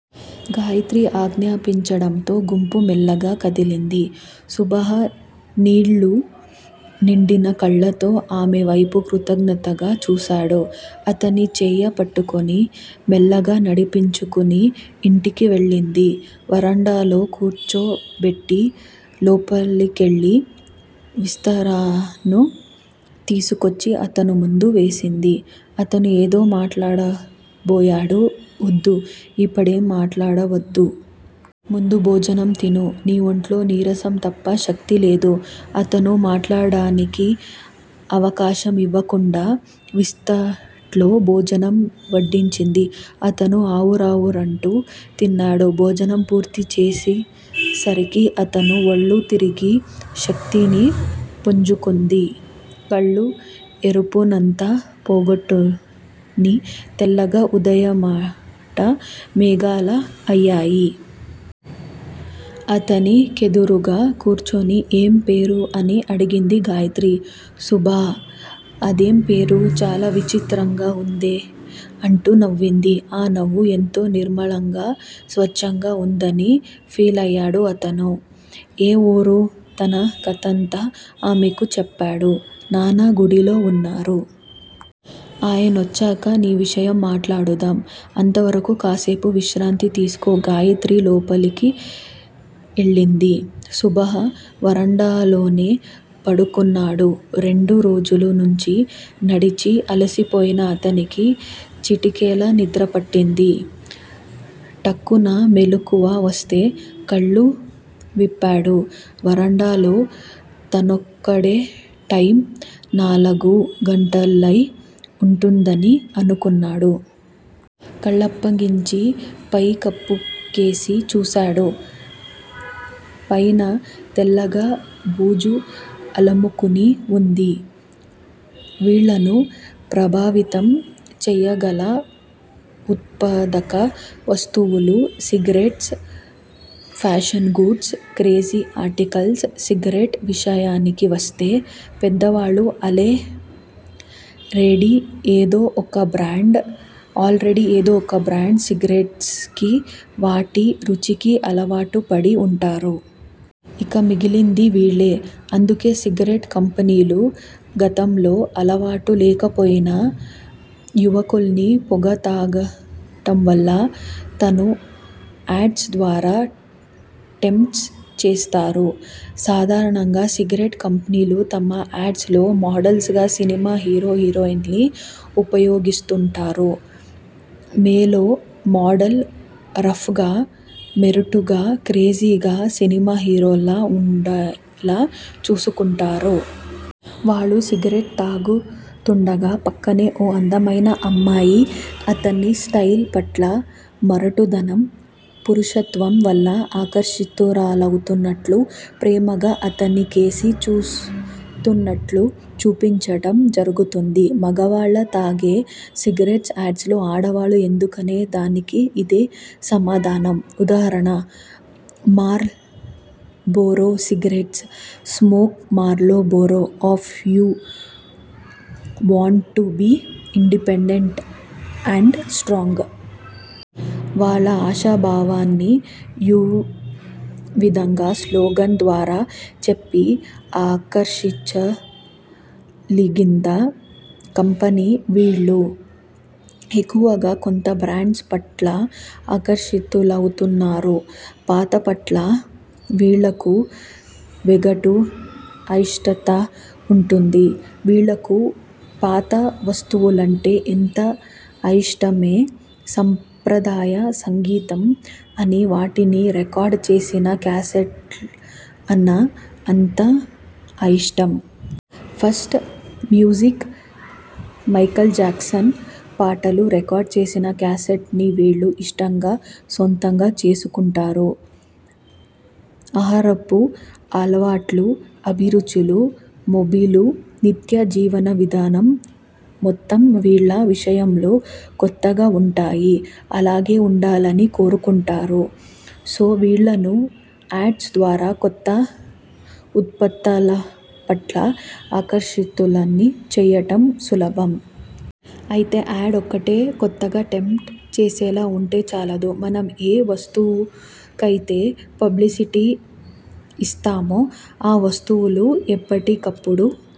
గాయత్రి ఆజ్ఞాపించడంతో గుంపు మెల్లగా కదిలింది. సుబాహ నీళ్ళు నిండిన కళ్ళతో ఆమెవైపు కృతజ్ఞతగా చూశాడు. అతని చేయి పట్టుకుని మెల్లగా నడిపించుకుని ఇంటికి వెళ్ళింది. వరండాలో కూర్చోబెట్టి లోపలికెళ్ళి విస్తరను తీసుకొచ్చి అతను ముందు వేసింది. అతను ఏదో మాట్లాడబోయాడు. ఒద్దు. ఇప్పుడేం మాట్లాడవద్దు. ముందు భోజనం తిను. నీ ఒంట్లో నీరసం తప్ప శక్తిలేదు. అతను మాట్లాడడానికి అవకాశం ఇవ్వకుండా విస్తట్లో భోజనం వడ్డించింది. అతను ఆవురావురుమంటూ తిన్నాడు. భోజనం పూర్తి చేసేసరికి అతని ఒళ్ళు తిరిగి శక్తిని పుంజుకుంది. కళ్ళు ఎరుపునంతా పోగొట్టుని తెల్లగా ఉదయంపూట మేఘాల్లా అయ్యాయి. అతని కెదురుగ్గా కూర్చుని ఏం పేరు? అని అడిగింది గాయత్రి. సుబాహ అదేం పేరు? చాలా చిత్రంగా వుందే అంటూ నవ్వింది. ఆ నవ్వు ఎంతో నిర్మలంగా, స్వచ్చంగా వుందని ఫీలయ్యాడు అతను. ఏ వూరు? తన కథంతా ఆమెకు చెప్పాడు. నాన్న గుడిలో వున్నారు. ఆయనొచ్చాక నీ విషయం మాట్లాడుదాం అంతవరకు కాసేపు విశ్రాంతి తీసుకో. గాయత్రి లోపలికి ఎళ్లింది. సుబాహ వరండాలోనే పడుకున్నాడు. రెండు రోజుల నుంచి నడిచి అలసిపోయిన అతనికి చిటికెల నిద్రపట్టింది. ఠక్కున మెలకువ వస్తే కళ్ళు విప్పాడు. వరండాలో తనొక్కడే. టైమ్ నాలుగు గంటలై వుంటుందని అనుకున్నాడు. కళ్ళప్పగించి, పై కప్పుకేసి చూశాడు. పైన తెల్లగా బూజు అలుముకుని వుంది. వీళ్ళను ప్రభావితం చేయగల ఉత్పాదక వస్తువులు cigarettes, fashion goods, crazy articles cigarette విషయానికి వస్తే పెద్దవాళ్ళు ఆల్ రెడీ ఏదో ఒక బ్రాండ్ సిగరెట్స్ కి, వాటి రుచికి అలవాటుపడి వుంటారు. ఇక మిగిలింది వీళ్ళే. అందుకే సిగరెట్ కంపెనీలు గతంలో అలవాటు లేకపోయినా యువకుల్ని పొగ త్రాగటంవల్ల తను యాడ్స్ ద్వారా టెంప్ట్ చేస్తారు. సాధారణంగా సిగరెట్ కంపెనీలు తమ యాడ్స్ లో మోడల్స్ గా సినిమా హీరో హీరోయిన్ ని ఉపయోగిస్తుంటాయి. మేలో మోడల్ రఫ్ గా, మొరటుగా, క్రేజీగా, సినిమా హీరోలా వుండేలా చూసుకుంటారు. వాళ్ళు సిగరెట్ త్రాగుతుండగా ప్రక్కనే ఓ అందమైన అమ్మాయి అతని స్టయిల్ పట్ల, మొరటుదనం, పురుషత్వం వల్ల ఆకర్షితురాలవుతున్నట్టు, ప్రేమగా అతనికేసి చూస్తున్నట్టు చూపించటం జరుగుతుంది. మగవాళ్ళు తాగే సిగరెట్స్ యాడ్స్ లో ఆడవాల్లు ఎందుకు అనే దానికి ఇదే సమాధానం. ఉదాహరణ- Marlboro cigarettes smoke Marlboro if you want to be independent and strong. వాళ్ళ ఆశాభావాన్ని యు విధంగా స్లోగన్ ద్వారా చెప్పి ఆకర్షించగలిగిందా కంపెనీ. వీళ్ళు ఎక్కువగా కొత్త బ్రాండ్స్ పట్ల ఆకర్షితులవుతునారు. పాతపట్ల వీళ్ళకు వెగటు, అయిష్టత వుంటుంది. వీళ్ళకు పాత వస్తువులంటే ఎంత అయిష్టమో, సంప్రదాయ సంగీతం అన్నా వాటిని రికార్డ్ చేసిన క్యాసెట్స్ అన్నా అంత అయిష్టం. ఫాస్ట్ మ్యూజిక్, మైకేల్ జాక్సన్ పాటలు రికార్డ్ చేసిన క్యాసెట్స్ ని వీళ్ళు ఇష్టంగా, సొంతంగా చేసుకుంటారు. ఆహారపు అలవాట్లు, అభిరుచులు, హాబీలు, నిత్య జీవన విధానం మొత్తం వీళ్ళ విషయంలో కొత్తగా వుంటాయి. అలాగే వుండాలని కోరుకుంటారు. సో వీళ్ళను యాడ్స్ ద్వారా కొత్త ఉత్పత్తలపట్ల ఆకర్షితుల్ని చేయటం సులభం. అయితే యాడ్ ఒక్కటే కొత్తగా, టెంప్ట్ చేసేలా వుంటేచాలదు. మనం ఏ వస్తువుకయితే పబ్లిసిటీ యిస్తామో ఆ వస్తువులు ఎప్పటికప్పుడు